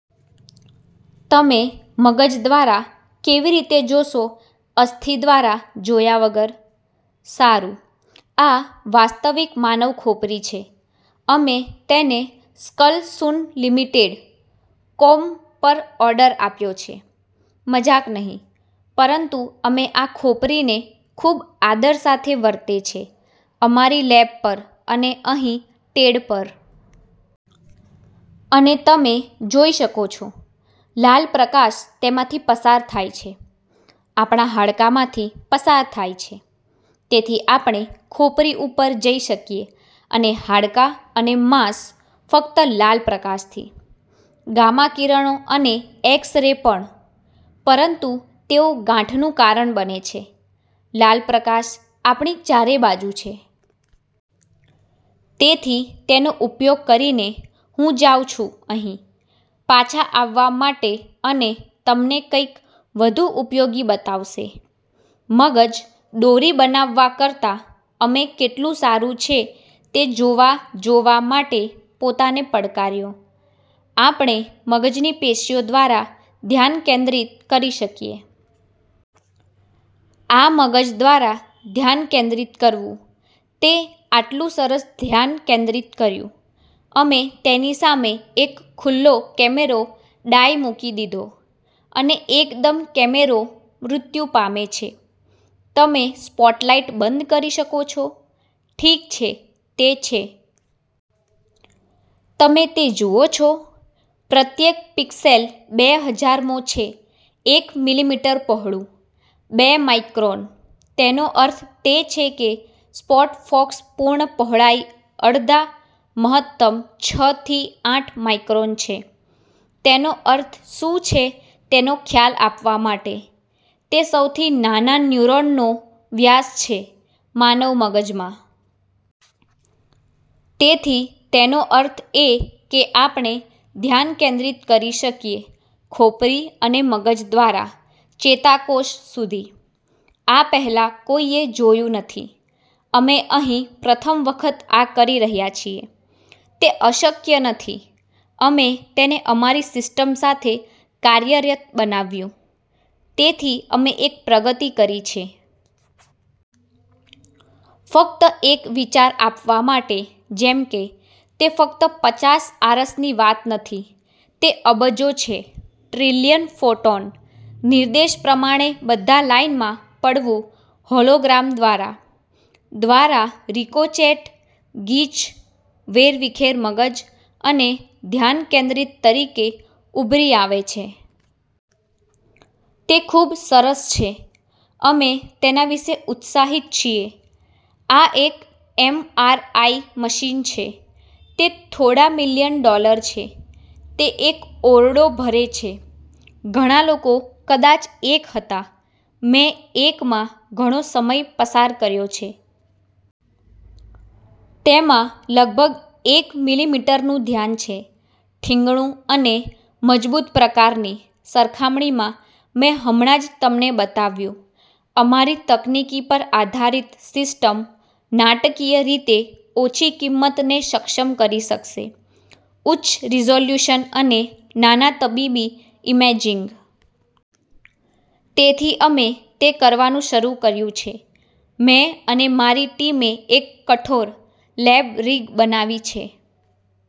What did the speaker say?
તમે મગજ દ્વારા કેવી રીતે જોશો અસ્થિ દ્વારા જોયા વગર? " સારું, આ વાસ્તવિક માનવ ખોપરી છે. અમે તેને સ્કલસુનલીમીટેડ. કોમ પર ઓર્ડર આપ્યો છે. મજાક નહિ. પરંતુ અમે આ ખોપરીને ખૂબ આદર સાથે વર્તે છે અમારી લેબ પર અને અહીં ટેડ પર. અને તમે જોઈ શકો છો, લાલ પ્રકાશ તેમાંથી પસાર થાય છે. આપણા હાડકાંમાંથી પસાર થાય છે. તેથી આપણે ખોપરી ઉપર જઈ શકીએ અને હાડકાં અને માંસ ફક્ત લાલ પ્રકાશથી. ગામા કિરણો અને એક્સ-રે પણ, પરંતુ તેઓ ગાંઠનું કારણ બને છે લાલ પ્રકાશ આપણી ચારે બાજુ છે. તેથી, તેનો ઉપયોગ કરીને, હું જાઉં છું અહીં પાછા આવવા માટે અને તમને કંઈક વધુ ઉપયોગી બતાવશે મગજ દોરી બનાવવા કરતાં અમે કેટલું સારું છે તે જોવા જોવા માટે પોતાને પડકાર્યો આપણે મગજની પેશીઓ દ્વારા ધ્યાન કેન્દ્રિત કરી શકીએ. આ મગજ દ્વારા ધ્યાન કેન્દ્રિત કરવું, તે આટલું સરસ ધ્યાન કેન્દ્રિત કર્યું, અમે તેનીસામે એક ખુલ્લો કેમેરો ડાઇ મૂકી દીધો. અને એકદમ કેમેરો મૃત્યુ પામે છે. તમે સ્પોટલાઇટ બંધ કરી શકો છો? ઠીક છે, તે છે. તમે તે જુઓ છો? પ્રત્યેક પિક્સેલ બે-હજારમો છે એક મીલીમીટર પહોળું. બે માઇક્રોન. તેનો અર્થ તે છે કે સ્પોટ ફોકસ પૂર્ણ પહોળાઈ અડધા મહત્તમ છ થી આઠ માઇક્રોન છે. તેનો અર્થ શું છે તેનો ખ્યાલ આપવા માટે: તે સૌથી નાના ન્યુરોનનો વ્યાસ છે માનવ મગજમાં. તેથી તેનો અર્થ એ કે આપણે ધ્યાન કેન્દ્રિત કરી શકીએ ખોપરી અને મગજદ્વારા ચેતાકોષ સુધી. આ પહેલાં કોઈએ જોયું નથી, અમે અહીં પ્રથમ વખત આ કરી રહ્યા છીએ. તે અશક્ય નથી. અમે તેને અમારી સિસ્ટમ સાથે કાર્યરત બનાવ્યું, તેથી અમે એક પ્રગતિ કરી છે. ફક્ત એક વિચાર આપવા માટે જેમ કે, તે ફક્ત પચાસ આરસની વાત નથી. તે અબજો છે, ટ્રિલિયન ફોટોન, નિર્દેશ પ્રમાણે બધા લાઇનમાં પડવું હોલોગ્રામ દ્વારા, દ્વારા રિકોચેટ ગીચ વેરવિખેર મગજ, અને ધ્યાન કેન્દ્રિત તરીકે ઉભરી આવે છે. તે ખૂબ સરસ છે. અમે તેના વિશે ઉત્સાહિત છીએ. આ એક એમઆરઆઈ મશીન છે. તે થોડા મિલિયન ડોલર છે, તે એક ઓરડો ભરે છે, ઘણા લોકો કદાચ એક હતા. મેં એકમાં ઘણો સમય પસાર કર્યો છે. તેમાં લગભગ એક મીલીમીટરનું ધ્યાન છે ઠીંગણું અને મજબૂત પ્રકારની, સરખામણીમાં મેં હમણાં જ તમને બતાવ્યું અમારી તકનીકી પર આધારિત સિસ્ટમ નાટકીય રીતે ઓછી કિંમતને સક્ષમ કરી શકશે, ઉચ્ચ રીઝોલ્યુશન અને નાના તબીબી ઇમેજિંગ. તેથી અમે તે કરવાનું શરૂ કર્યું છે મેં અને મારી ટીમે એક કઠોર, લેબ રિગ બનાવી છે